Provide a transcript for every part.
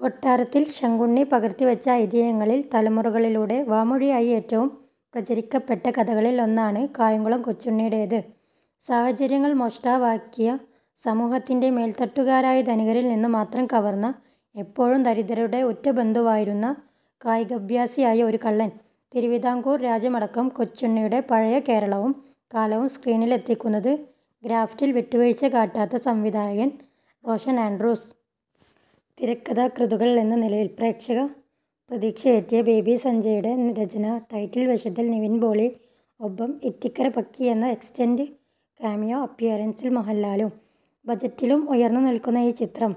കൊട്ടാരത്തിൽ ശങ്കുണ്ണി പകർത്തിവച്ച ' ഐതിഹ്യങ്ങളി ' ൽ തലമുറകളിലൂടെ വാമൊഴിയായി ഏറ്റവും പ്രചരിക്കപ്പെട്ട കഥകളിൽ ഒന്നാണ് കായംകുളം കൊച്ചുണ്ണിയുടേത്. സാഹചര്യങ്ങൾ മോഷ്ടാവാക്കിയ, സമൂഹത്തിന്റെ മേൽത്തട്ടുകാരായ ധനികരിൽ നിന്ന് മാത്രം കവർന്ന, എപ്പോഴും ദരിദ്രരുടെ ഉറ്റബന്ധുവായിരുന്ന, കായികാഭ്യാസിയായ ഒരു കള്ളൻ. തിരുവിതാംകൂർ രാജ്യമടക്കം കൊച്ചുണ്ണിയുടെ പഴയ കേരളവും കാലവും സ്ക്രീനിലെത്തിക്കുന്നത് ക്രാഫ്റ്റിൽ വിട്ടുവീഴ്ച കാട്ടാത്ത സംവിധായകൻ റോഷൻ ആൻഡ്രൂസ്. തിരക്കഥാകൃത്തുക്കൾ എന്ന നിലയിൽ പ്രേക്ഷക പ്രതീക്ഷയേറ്റിയ ബോബി സഞ്ജയ്യുടെ രചന, ടൈറ്റിൽ വേഷത്തിൽ നിവിൻ പോളി. ഒപ്പം ഇത്തിക്കര പക്കി എന്ന എക്സ്റ്റന്റഡ് കാമിയോ അപ്പിയറൻസിൽ മോഹൻലാലും. ബജറ്റിലും ഉയർന്നു നിൽക്കുന്ന ഈ ചിത്രം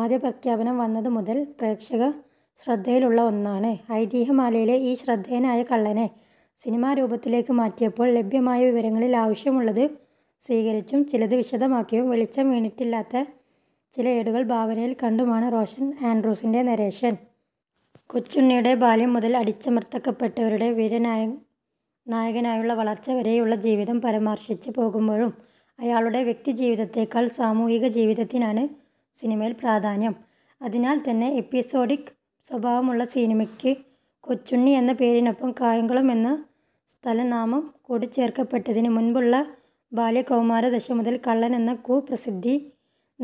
ആദ്യ പ്രഖ്യാപനം വന്നത് മുതൽ പ്രേക്ഷകശ്രദ്ധയിലുള്ള ഒന്നാണ്. ഐതിഹ്യമാലയിലെ ഈ ' ശ്രദ്ധേയനായ കള്ളനെ ' സിനിമാരൂപത്തിലേക്ക് മാറ്റിയപ്പോൾ ലഭ്യമായ വിവരങ്ങളിൽ ആവശ്യമുള്ളത് സ്വീകരിച്ചും ചിലത് വിശദമാക്കിയും വെളിച്ചം വീണിട്ടില്ലാത്ത ചില ഏടുകൾ ഭാവനയിൽ കണ്ടുമാണ് റോഷൻ ആൻഡ്രൂസിന്റെ നരേഷൻ. കൊച്ചുണ്ണിയുടെ ബാല്യം മുതൽ അടിച്ചമർത്തപ്പെട്ടവരുടെ വീരനായകനായുള്ള വളർച്ച വരെയുള്ള ജീവിതം പരാമർശിച്ച് പോകുമ്പോഴും അയാളുടെ വ്യക്തിജീവിതത്തേക്കാൾ സാമൂഹിക ജീവിതത്തിനാണ് സിനിമയിൽ പ്രധാന്യം. അതിനാൽത്തന്നെ എപ്പിസോഡിക് സ്വഭാവമുണ്ട് സിനിമയ്ക്ക്. ' കൊച്ചുണ്ണി ' എന്ന പേരിനൊപ്പം കായംകുളം എന്ന സ്ഥലനാമം കൂട്ടിച്ചേർക്കപ്പെട്ടതിന് മുൻപുള്ള ബാല്യ കൌമാര ദശ മുതൽ കള്ളനെന്ന ' കു / പ്രസിദ്ധി '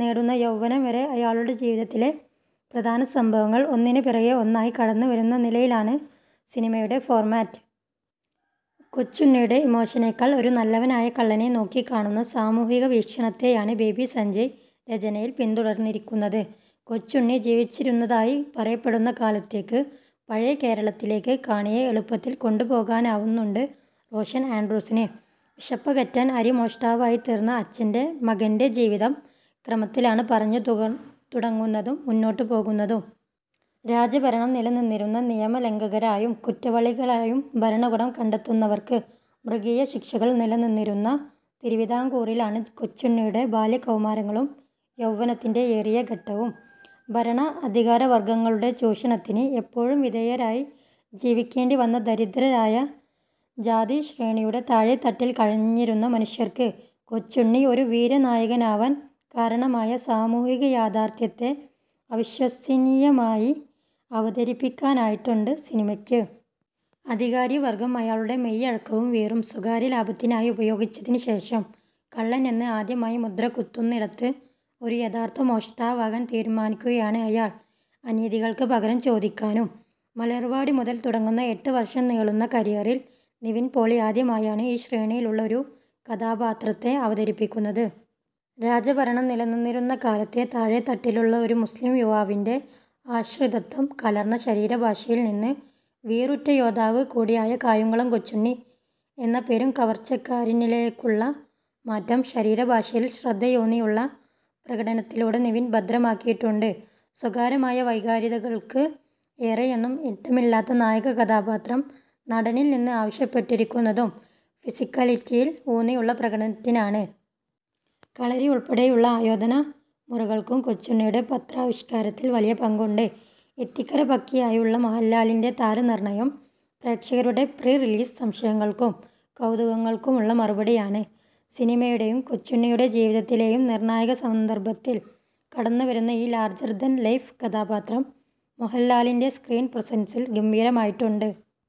നേടുന്ന യൌവനം വരെ അയാളുടെ ജീവിതത്തിലെ പ്രധാന സംഭവങ്ങൾ ഒന്നിന് പിറകെ ഒന്നായി കടന്നുവരുന്ന നിലയിലാണ് സിനിമയുടെ ഫോർമാറ്റ്. കൊച്ചുണ്ണിയുടെ ' ഇമോഷനേ ' ക്കാൾ ഒരു ' നല്ലവനായ കള്ളനെ ' നോക്കിക്കാണുന്ന സാമൂഹിക വീക്ഷണത്തെയാണ് ബോബി സഞ്ജയ് രചനയിൽ പിന്തുടർന്നിരിക്കുന്നത്. കൊച്ചുണ്ണി ജീവിച്ചിരുന്നതായി പറയപ്പെടുന്ന കാലത്തേക്ക്, പഴയ കേരളത്തിലേക്ക് കാണിയെ എളുപ്പത്തിൽ കൊണ്ടുപോകാനാവുന്നുണ്ട് റോഷൻ ആൻഡ്രൂസിന്. വിശപ്പകറ്റാൻ അരി മോഷ്ടാവായിത്തീർന്ന അച്ഛന്റെ മകന്റെ ജീവിതം ക്രമത്തിലാണ് പറഞ്ഞുതുടങ്ങുന്നതും മുന്നോട്ടുപോകുന്നതും. രാജഭരണം നിലനിന്നിരുന്ന, നിയമ ' ലംഘകരാ ' യും കുറ്റവാളികളായും ഭരണകൂടം കണ്ടെത്തുന്നവർക്ക് മൃഗീയ ശിക്ഷകൾ നിലനിന്നിരുന്ന തിരുവിതാംകൂറിലാണ് കൊച്ചുണ്ണിയുടെ ബാല്യ, കൌമാരങ്ങളും യൌവനത്തിന്റെ ഏറിയ ഘട്ടവും. ഭരണ, അധികാര വർഗ്ഗങ്ങളുടെ ചൂഷണത്തിന് എപ്പോഴും വിധേയരായി ജീവിക്കേണ്ടിവന്ന ദരിദ്രരായ, ജാതിശ്രേണിയുടെ താഴേത്തട്ടിൽ കഴിഞ്ഞിരുന്ന മനുഷ്യർക്ക് കൊച്ചുണ്ണി ഒരു വീരനായകനാവാൻ കാരണമായ സാമൂഹിക യാഥാർഥ്യത്തെ വിശ്വസനീയമായി അവതരിപ്പിക്കാനായിട്ടുണ്ട് സിനിമയ്ക്ക്. അധികാരി വർഗ്ഗം അയാളുടെ മെയ്വഴക്കവും വീറും സ്വകാര്യലാഭത്തിനായി ഉപയോഗിച്ചതിന് ശേഷം കള്ളൻ എന്ന് ആദ്യമായി മുദ്ര കുത്തുന്നിടത്ത് ഒരു യഥാർഥ മോഷ്ടാവാകാൻ തീരുമാനിക്കുകയാണ് അയാൾ, അനീതികൾക്ക് പകരം ചോദിക്കാനും. ' മലർവാടി ' മുതൽ തുടങ്ങുന്ന എട്ട് വർഷം നീളുന്ന കരിയറിൽ നിവിൻ പോളി ആദ്യമായാണ് ഈ ശ്രേണിയിലുള്ള ഒരു കഥാപാത്രത്തെ അവതരിപ്പിക്കുന്നത്. രാജഭരണം നിലനിന്നിരുന്ന കാലത്തെ താഴേത്തട്ടിലുള്ള, ഒരു മുസ്ലിം യുവാവിന്റെ ആശ്രിതത്വം കലർന്ന ശരീരഭാഷയിൽ നിന്ന് വീറുറ്റ യോദ്ധാവ് കൂടിയായ കായംകുളം കൊച്ചുണ്ണി എന്ന പെരും കവർച്ചക്കാരനിലേക്കുള്ള മാറ്റം ശരീരഭാഷയിൽ ശ്രദ്ധയൂന്നിയുള്ള പ്രകടനത്തിലൂടെ നിവിൻ ഭദ്രമാക്കിയിട്ടുണ്ട്. സ്വകാര്യമായ വൈകാരികതകൾക്ക് ഏറെയൊന്നും ഇടമില്ലാത്ത നായക കഥാപാത്രം നടനിൽ നിന്ന് ആവശ്യപ്പെട്ടിരിക്കുന്നതും ഫിസിക്കാലിറ്റിയിൽ ഊന്നിയുള്ള പ്രകടനത്തിനാണ്. കളരി ഉൾപ്പെടെയുള്ള ആയോധന മുറകൾക്കും ' കൊച്ചുണ്ണി ' യുടെ പാത്രാവിഷ്കാരത്തിൽ വലിയ പങ്കുണ്ട്. ഇത്തിക്കര പക്കിയായുള്ള മോഹൻലാലിന്റെ താരനിർണയം പ്രേക്ഷകരുടെ പ്രീ റിലീസ് സംശയങ്ങൾക്കും കൌതുകങ്ങൾക്കുമുള്ള മറുപടിയാണ്. സിനിമയുടെയും കൊച്ചുണ്ണിയുടെ ജീവിതത്തിലെയും നിർണായക സന്ദർഭത്തിൽ കടന്നുവരുന്ന ഈ ലാർജർ ദാൻ ലൈഫ് കഥാപാത്രം മോഹൻലാലിന്റെ സ്ക്രീൻ പ്രസൻസിൽ ഗംഭീരമായിട്ടുണ്ട്.